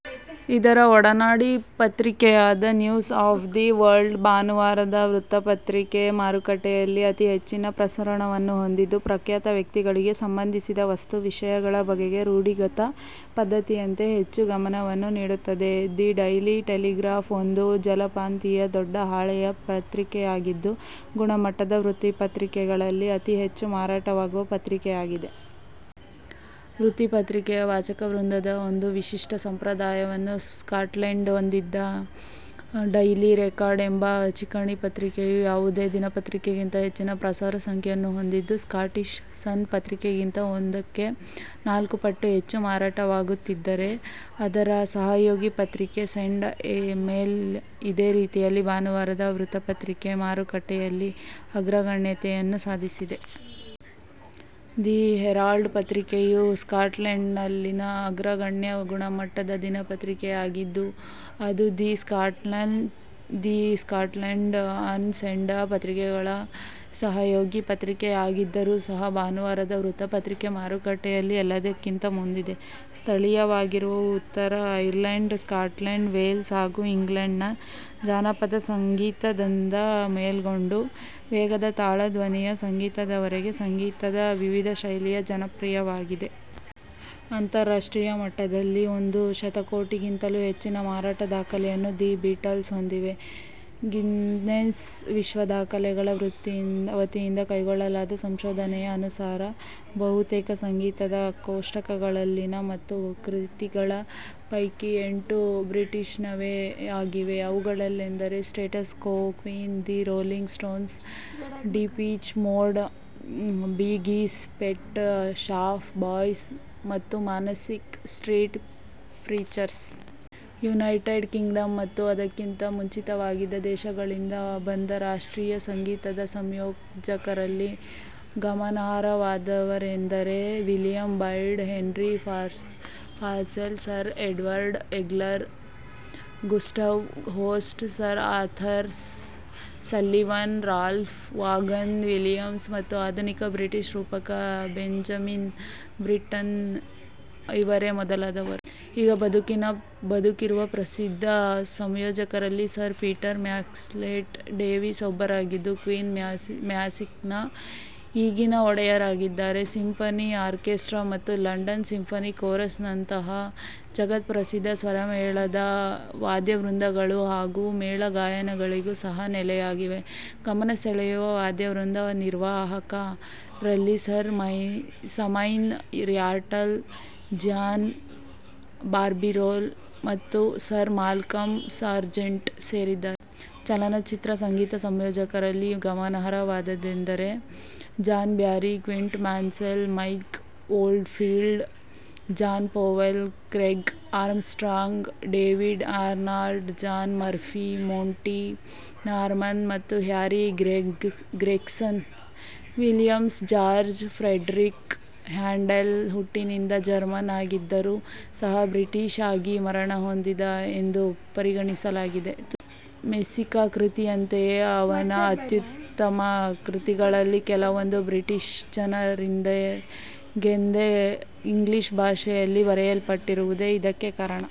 ಇದರ ಒಡನಾಡಿ ಪತ್ರಿಕೆಯಾದ, ನ್ಯೂಸ್ ಆಫ್ ದಿ ವರ್ಲ್ಡ್ ಭಾನುವಾರದ ವೃತ್ತಪತ್ರಿಕೆ ಮಾರುಕಟ್ಟೆಯಲ್ಲಿ ಅತಿ ಹೆಚ್ಚಿನ ಪ್ರಸರಣವನ್ನು ಹೊಂದಿದ್ದು, ಪ್ರಖ್ಯಾತ ವ್ಯಕ್ತಿಗಳಿಗೆ ಸಂಬಂಧಿಸಿದ ವಸ್ತು-ವಿಷಯಗಳ ಬಗೆಗೆ ರೂಢಿಗತ ಪದ್ಧತಿಯಂತೆ ಹೆಚ್ಚು ಗಮನವನ್ನು ನೀಡುತ್ತದೆ. ದಿ ಡೈಲಿ ಟೆಲಿಗ್ರಾಫ್ ಒಂದು ಬಲಪಂಥೀಯ ದೊಡ್ಡಹಾಳೆಯ ಪತ್ರಿಕೆಯಾಗಿದ್ದು, "ಗುಣಮಟ್ಟದ" ವೃತ್ತಪತ್ರಿಕೆಗಳಲ್ಲಿ ಅತಿ ಹೆಚ್ಚು ಮಾರಾಟವಾಗುವ ಪತ್ರಿಕೆಯಾಗಿದೆ. ವೃತ್ತಪತ್ರಿಕೆಯ ವಾಚಕವೃಂದದ ಒಂದು ವಿಶಿಷ್ಟ ಸಂಪ್ರದಾಯವನ್ನು ಸ್ಕಾಟ್ಲೆಂಡ್ ಹೊಂದಿದೆ. ಡೈಲಿ ರೆಕಾರ್ಡ್ ಎಂಬ ಚಿಕಣಿ-ಪತ್ರಿಕೆಯು ಯಾವುದೇ ದಿನಪತ್ರಿಕೆಗಿಂತ ಹೆಚ್ಚಿನ ಪ್ರಸಾರ ಸಂಖ್ಯೆಯನ್ನು ಹೊಂದಿದ್ದು, ಸ್ಕಾಟಿಷ್ ಸನ್ ಪತ್ರಿಕೆಗಿಂತ ಒಂದಕ್ಕೆ ನಾಲ್ಕು ಪಟ್ಟು ಹೆಚ್ಚು ಮಾರಾಟವಾಗುತ್ತಿದ್ದರೆ, ಅದರ ಸಹಯೋಗಿ ಪತ್ರಿಕೆ ಸಂಡೆ ಮೇಲ್ ಇದೇ ರೀತಿಯಲ್ಲಿ ಭಾನುವಾರದ ವೃತ್ತಪತ್ರಿಕೆ ಮಾರುಕಟ್ಟೆಯಲ್ಲಿ ಅಗ್ರಗಣ್ಯತೆಯನ್ನು ಸಾಧಿಸಿದೆ. ದಿ ಹೆರಾಲ್ಡ್ ಪತ್ರಿಕೆಯು ಸ್ಕಾಟ್ಲೆಂಡ್ನಲ್ಲಿನ ಅಗ್ರಗಣ್ಯ "ಗುಣಮಟ್ಟದ" ದಿನಪತ್ರಿಕೆಯಾಗಿದ್ದು, ಅದು the Scotsman, the Scotland on Sunday ಪತ್ರಿಕೆಗಳ ಸಹಯೋಗಿ ಪತ್ರಿಕೆಯಾಗಿದ್ದರೂ ಸಹ, ಭಾನುವಾರದ ವೃತ್ತಪತ್ರಿಕೆ ಮಾರುಕಟ್ಟೆಯಲ್ಲಿ ಎಲ್ಲಕ್ಕಿಂತ ಮುಂದಿದೆ. ಸ್ಥಳೀಯವಾಗಿರುವ, ಉತ್ತರ ಐರ್ಲೆಂಡ್, ಸ್ಕಾಟ್ಲೆಂಡ್, ವೇಲ್ಸ್ ಹಾಗೂ ಇಂಗ್ಲೆಂಡ್ನ ಜಾನಪದ ಸಂಗೀತ ದಿಂದ ಮೊದಲ್ಗೊಂಡು ವೇಗದ ತಾಳ-ಧ್ವನಿಯ ಸಂಗೀತ ದವರೆಗಿನ ಸಂಗೀತದ ವಿವಿಧ ಶೈಲಿಗಳು ಜನಪ್ರಿಯವಾಗಿವೆ. ಅಂತರರಾಷ್ಟ್ರೀಯ ಮಟ್ಟದಲ್ಲಿ ಒಂದು ಶತಕೋಟಿಗಿಂತಲೂ ಹೆಚ್ಚಿನ ಮಾರಾಟ ದಾಖಲೆಯನ್ನು ದಿ ಬೀಟಲ್ಸ್ ಹೊಂದಿವೆ. ಗಿನ್ನೆಸ್ ವಿಶ್ವ ದಾಖಲೆ ಗಳ ವತಿಯಿಂದ ಕೈಗೊಳ್ಳಲಾದ ಸಂಶೋಧನೆಯ ಅನುಸಾರ, ಬಹುತೇಕ ಸಂಗೀತ ಕೋಷ್ಟಕಗಳಲ್ಲಿನ ಹತ್ತು ಕೃತಿಗಳ ಪೈಕಿ ಎಂಟು ಬ್ರಿಟಿಷ್ನವೇ ಆಗಿವೆ. ಅವುಗಳೆಂದರೆ, Status Quo, Queen, the Rolling Stones, Depeche Mode, Bee Gees, Pet Shop Boys ಮತ್ತು Manic Street Preachers. United Kingdom ಮತ್ತು ಅದಕ್ಕಿಂತ ಮುಂಚಿತವಾಗಿದ್ದ ದೇಶಗಳಿಂದ ಬಂದ ಶಾಸ್ತ್ರೀಯ ಸಂಗೀತದ ಸಂಯೋಜಕರಲ್ಲಿ ಗಮನಾರ್ಹವಾದವರೆಂದರೆ, William Byrd, Henry Purcell, Sir Edward Elgar, Gustav Holst, Sir Arthur Sullivan, Ralph Vaughan Williams ಮತ್ತು ಆಧುನಿಕ ಬ್ರಿಟಿಷ್ ರೂಪಕ ಬೆಂಜಮಿನ್ ಬ್ರಿಟ್ಟನ್ ಇವರೇ ಮೊದಲಾದವರು. ಈಗ ಬದುಕಿರುವ ಪ್ರಸಿದ್ಧ ಸಂಯೋಜಕರಲ್ಲಿ ಸರ್ ಪೀಟರ್ ಮ್ಯಾಕ್ಸ್ವೆಲ್ ಡೇವಿಸ್ ಒಬ್ಬರಾಗಿದ್ದು, ಕ್ವೀನ್ಸ್ ಮ್ಯೂಸಿಕ್ನ ಈಗಿನ ಒಡೆಯ ರಾಗಿದ್ದಾರೆ. ಸಿಂಫನಿ ಆರ್ಕೇಸ್ಟ್ರ ಮತ್ತು ಲಂಡನ್ ಸಿಂಫನಿ ಕೋರಸ್ ನಂತಹ ಜಗತ್ ಪ್ರಸಿದ್ಧ ಸ್ವರಮೇಳದ ವಾದ್ಯವೃಂದಗಳು ಹಾಗೂ ಮೇಳಗಾಯನಗಳಿಗೂ ಸಹ ನೆಲೆಯಾಗಿದೆ. ಗಮನ ಸೆಳೆಯುವ ವಾದ್ಯವೃಂದ ನಿರ್ವಾಹಕ ರಲ್ಲಿ Sir Simon Rattle, John Barbirolli ಮತ್ತು ಸರ್ ಮಾಲ್ಕಮ್ ಸಾರ್ಜೆಂಟ್ ಸೇರಿದ್ದಾರೆ. ಚಲನಚಿತ್ರ ಸಂಗೀತ ಸಂಯೋಜಕ ರಲ್ಲಿ ಗಮನಾರ್ಹವಾದವರೆಂದರೆ, John Barry, Clint Mansell, Mike Oldfield, John Powell, Craig Armstrong, David Arnold, John Murphy, Monty Norman ಮತ್ತು Harry Gregson Williams. George Frideric Handel ಹುಟ್ಟಿನಿಂದ ಜರ್ಮನ್ ಆಗಿದ್ದರೂ ಸಹ ಬ್ರಿಟಿಷ್ ಆಗಿ ಮರಣಹೊಂದಿದ ಎಂದು ಪರಿಗಣಿಸಲಾಗಿದೆ. ಮೆಸಿಯಾ ಕೃತಿಯಂತೆಯೇ ಅವನ ಅತ್ಯುತ್ತಮ ಕೃತಿಗಳಲ್ಲಿ ಕೆಲವೊಂದು ಬ್ರಿಟಿಷ್ ಜನ ರಿಗೆಂದೇ ಇಂಗ್ಲಿಷ್ ಭಾಷೆ ಯಲ್ಲಿ ಬರೆಯಲ್ಪಟ್ಟಿರುವುದೇ ಇದಕ್ಕೆ ಕಾರಣ.